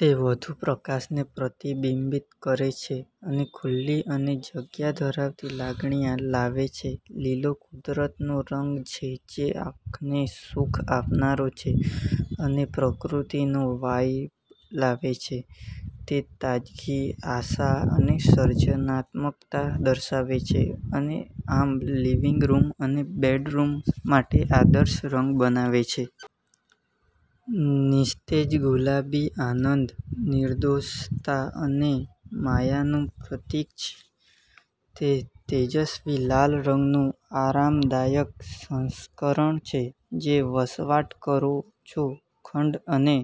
તે વધુ પ્રકાશને પ્રતિબિંબિત કરે છે અને ખુલ્લી અને જગ્યા ધરાવતી લાગણી લાવે છે. લીલો કુદરતનો રંગ છે જે આંખને સુખ આપનારો છે અને પ્રકૃતિનો વાઇબ લાવે છે. તે તાજગી, આશા અને સર્જનાત્મકતા દર્શાવે છે અને આમ લિવિંગ રૂમ અને બેડરૂમ માટે આદર્શ રંગ બનાવે છે. નિસ્તેજ ગુલાબી આનંદ, નિર્દોષતા અને માયાનું પ્રતીક છે. તે તેજસ્વી લાલ રંગનું આરામદાયક સંસ્કરણ છે જે વસવાટ કરો છો ખંડ અને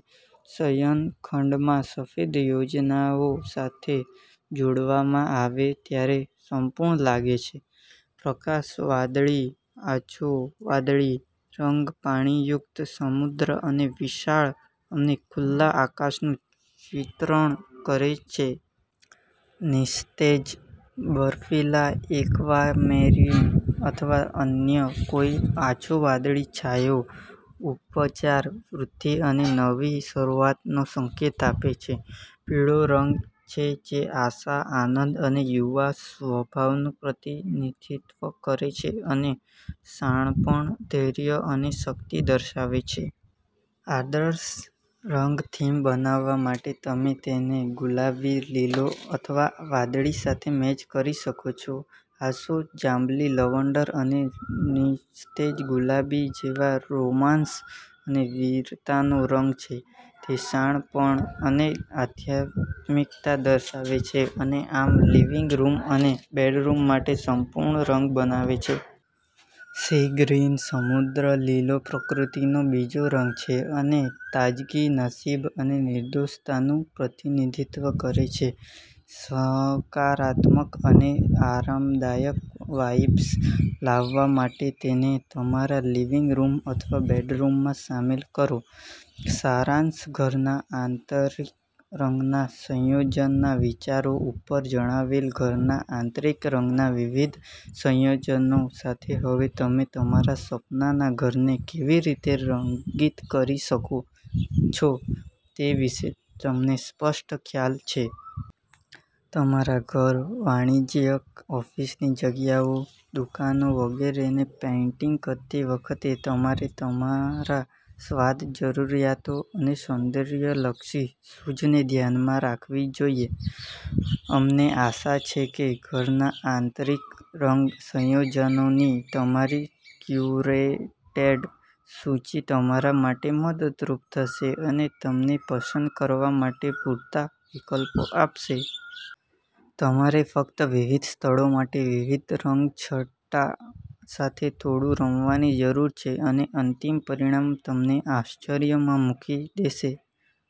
શયનખંડમાં સફેદ યોજનાઓ સાથે જોડવામાં આવે ત્યારે સંપૂર્ણ લાગે છે. પ્રકાશ વાદળી, આછો વાદળી રંગ પાણીયુક્ત સમુદ્ર અને વિશાળ અને ખુલ્લા આકાશનું ચિત્રણ કરે છે. નિસ્તેજ બર્ફીલા, એક્વામેરિન અથવા અન્ય કોઈ આછો વાદળી છાંયો ઉપચાર, વૃદ્ધિ અને નવી શરૂઆતનો સંકેત આપે છે. પીળો રંગ છે જે આશા, આનંદ અને યુવા સ્વભાવનું પ્રતિનિધિત્વ કરે છે અને શાણપણ, ધૈર્ય અને શક્તિ દર્શાવે છે. આદર્શ રંગ થીમ બનાવવા માટે તમે તેને ગુલાબી, લીલો અથવા વાદળી સાથે મેચ કરી શકો છો. આછો જાંબલી લવંડર અને નિસ્તેજ ગુલાબી જેવા રોમાંસ અને વીરતાનો રંગ છે. તે શાણપણ અને આધ્યાત્મિકતા દર્શાવે છે અને આમ લિવિંગ રૂમ અને બેડરૂમ માટે સંપૂર્ણ રંગ બનાવે છે. સી ગ્રીન, સમુદ્ર લીલો પ્રકૃતિનો બીજો રંગ છે અને તાજગી, નસીબ અને નિર્દોષતાનું પ્રતિનિધિત્વ કરે છે. સકારાત્મક અને આરામદાયક વાઇબ્સ લાવવા માટે તેને તમારા લિવિંગ રૂમ અથવા બેડરૂમમાં સામેલ કરો. સારાંશઘરના આંતરિક રંગના સંયોજનના વિચારો ઉપર જણાવેલ ઘરના આંતરિક રંગના વિવિધ સંયોજનો સાથે હવે તમે તમારા સપનાના ઘરને કેવી રીતે રંગિત કરી શકો છો તે વિશે તમને સ્પષ્ટ ખ્યાલ છે. તમારા ઘર, વાણિજ્યિક, ઓફિસની જગ્યાઓ, દુકાનો વગેરેને પેઇન્ટિંગ કરતી વખતે તમારે તમારા સ્વાદ, જરૂરિયાતો અને સૌંદર્યલક્ષી સૂઝને ધ્યાનમાં રાખવી જોઈએ. અમને આશા છે કે ઘરના આંતરિક રંગ સંયોજનોની અમારી ક્યુરેટેડ સૂચિ તમારા માટે મદદરૂપ થશે અને તમને પસંદ કરવા માટે પૂરતા વિકલ્પો આપશે. તમારે ફક્ત વિવિધ સ્થળો માટે વિવિધ રંગછટા સાથે થોડું રમવાની જરૂર છે અને અંતિમ પરિણામ તમને આશ્ચર્યમાં મૂકી દેશે.